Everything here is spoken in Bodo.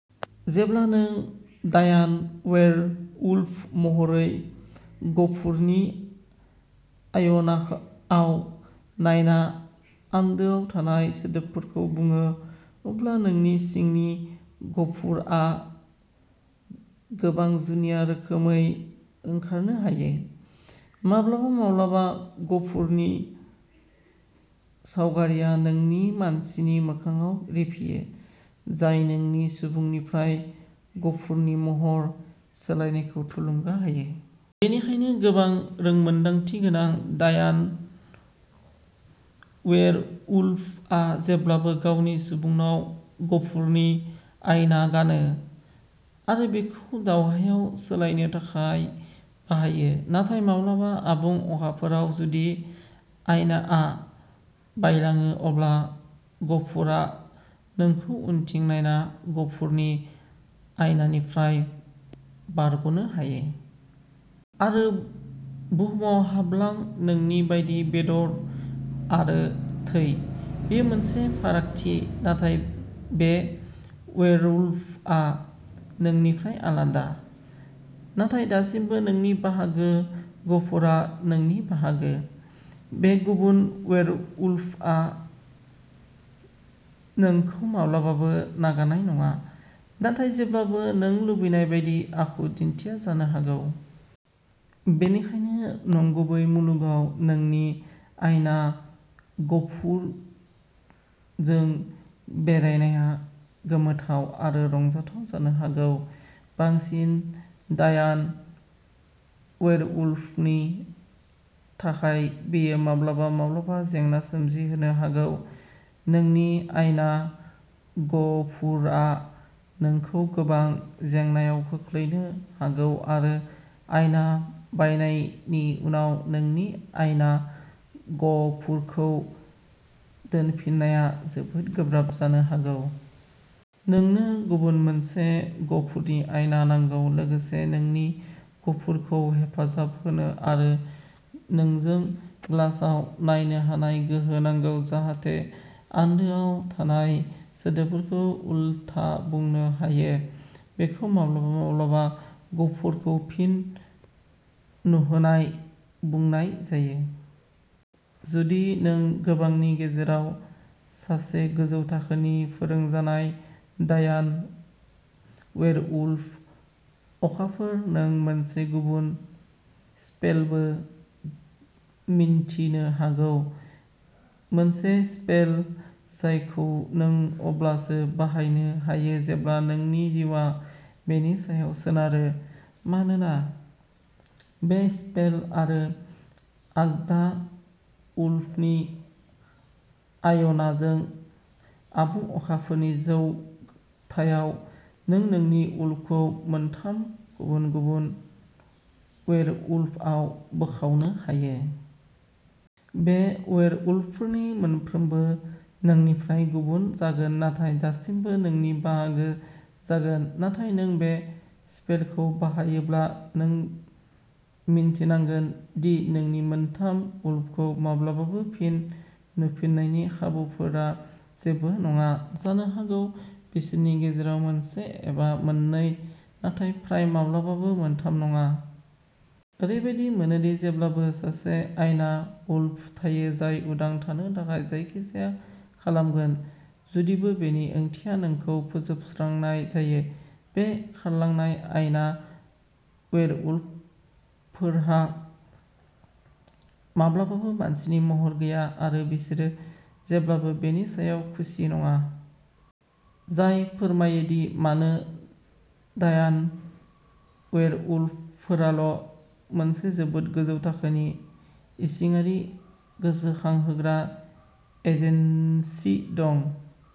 जेब्ला नों, डायान वेयरवुल्फ महरै, गफुरनि आयनाआव नायना आन्दोआव थानाय सोदोबफोरखौ बुङो, अब्ला नोंनि सिंनि गफुरआ गोबां जुनिया रोखोमै ओंखारनो हायो। माब्लाबा-माब्लाबा गफुरनि सावगारिआ नोंनि मानसिनि मोखांआव रिफियो, जाय नोंनि सुबुंनिफ्राय गफुरनि महर सोलायनायखौ थुलुंगा होयो। बेनिखायनो गोबां रोंमोनदांथि गोनां डायान वेयरवुल्फआ जेब्लाबो गावनि सुबुंनाव गफुरनि आयना गानो, आरो बेखौ दावहायाव सोलायनो थाखाय बाहायो। नाथाय माब्लाबा आबुं अखाफोरआव जुदि आयनाआ बायलाङो, अब्ला गफुरआ नोंखौ उनथिं नायना गफुरनि आयनानिफ्राय बारग'नो हायो। आरो बुहुमाव हाबलां, नोंनि बायदि बेदर आरो थै। बेयो मोनसे फारागथि नाथाय बे वेयरवुल्फआ नोंनिफ्राय आलादा, नाथाय दासिमबो नोंनि बाहागो। गफुरआ नोंनि बाहागो। बे गुबुन वेयरवुल्फआ नोंखौ माब्लाबाबो नागारनाय नङा, नाथाय जेब्लाबो नों लुबैनाय बायदि आखु दिन्थिया जानो हागौ। बेनिखायनो नंगुबै मुलुगाव नोंनि आयना गफुरजों बेरायनाया गोमोथाव आरो रंजाथाव जानो हागौ, बांसिन डायान वेयरवुल्फनि थाखाय बेयो माब्लाबा माब्लाबा जेंना सोमजिहोनो हागौ। नोंनि आयना गफुरआ नोंखौ गोबां जेंनाआव खोख्लैनो हागौ आरो आयना बायनायनि उनाव नोंनि आयना गफुरखौ दोनफिननाया जोबोद गोब्राब जानो हागौ। नोंनो गुबुन मोनसे गफुरनि आयना नांगौ, लोगोसे नोंनि गफुरखौ हेफाजाब होनो आरो नोंजों ग्लासआव नायनो हानाय गोहो नांगौ, जाहाथे आन्दोआव थानाय सोदोबफोरखौ उलथा बुंनो हायो। बेखौ माब्लाबा माब्लाबा गफुरखौ फिन नुहोनाय बुंनाय जायो। जुदि नों गोबांनि गेजेराव सासे गोजौ थाखोनि फोरोंजानाय डायान वेयरवुल्फ। अखाफोर, नों मोनसे गुबुन स्पेलबो मिन्थिनो हागौ। मोनसे स्पेल जायखौ नों अब्लासो बाहायनो हायो जेब्ला नोंनि जिउआ बेनि सायाव सोनारो। मानोना बे स्पेल आरो आगदा वुल्फनि आयनाजों आबुं अखाफोरनि जौथायाव, नों नोंनि वुल्फखौ मोनथाम गुबुन-गुबुन वेयरवुल्फआव बोखावनो हायो। बे वेयरवुल्फफोरनि मोनफ्रोमबो नोंनिफ्राय गुबुन जागोन नाथाय दासिमबो नोंनि बाहागो जागोन। नाथाय नों बे स्पेलखौ बाहायोब्ला, नों मिन्थिनांगोन दि नोंनि मोनथाम वुल्फखौ माब्लाबाबो फिन नुफिन्नायनि खाबुफोरा जेबो नङा। जानो हागौ बिसोरनि गेजेराव मोनसे एबा मोननै, नाथाय फ्राय माब्लाबाबो मोनथाम नङा। ओरैबादि मोनो दि जेब्लाबो सासे आयना वुल्फ थायो जाय उदां थानो थाखाय जायखिजाया खालामगोन, जुदिबो बेनि ओंथिया नोंखौ फोजोबस्रांनाय जायो। बे खारलांनाय आयना वेयरवुल्फफोरहा माब्लाबाबो मानसिनि महर गैया आरो बिसोरो जेब्लाबो बेनि सायाव खुसि नङा। जाय फोरमायो दि मानो डायान वेयरवुल्फफोराल' मोनसे जोबोद गोजौ थाखोनि, इसिङारि गोसोखांहोग्रा एजेन्सि दं।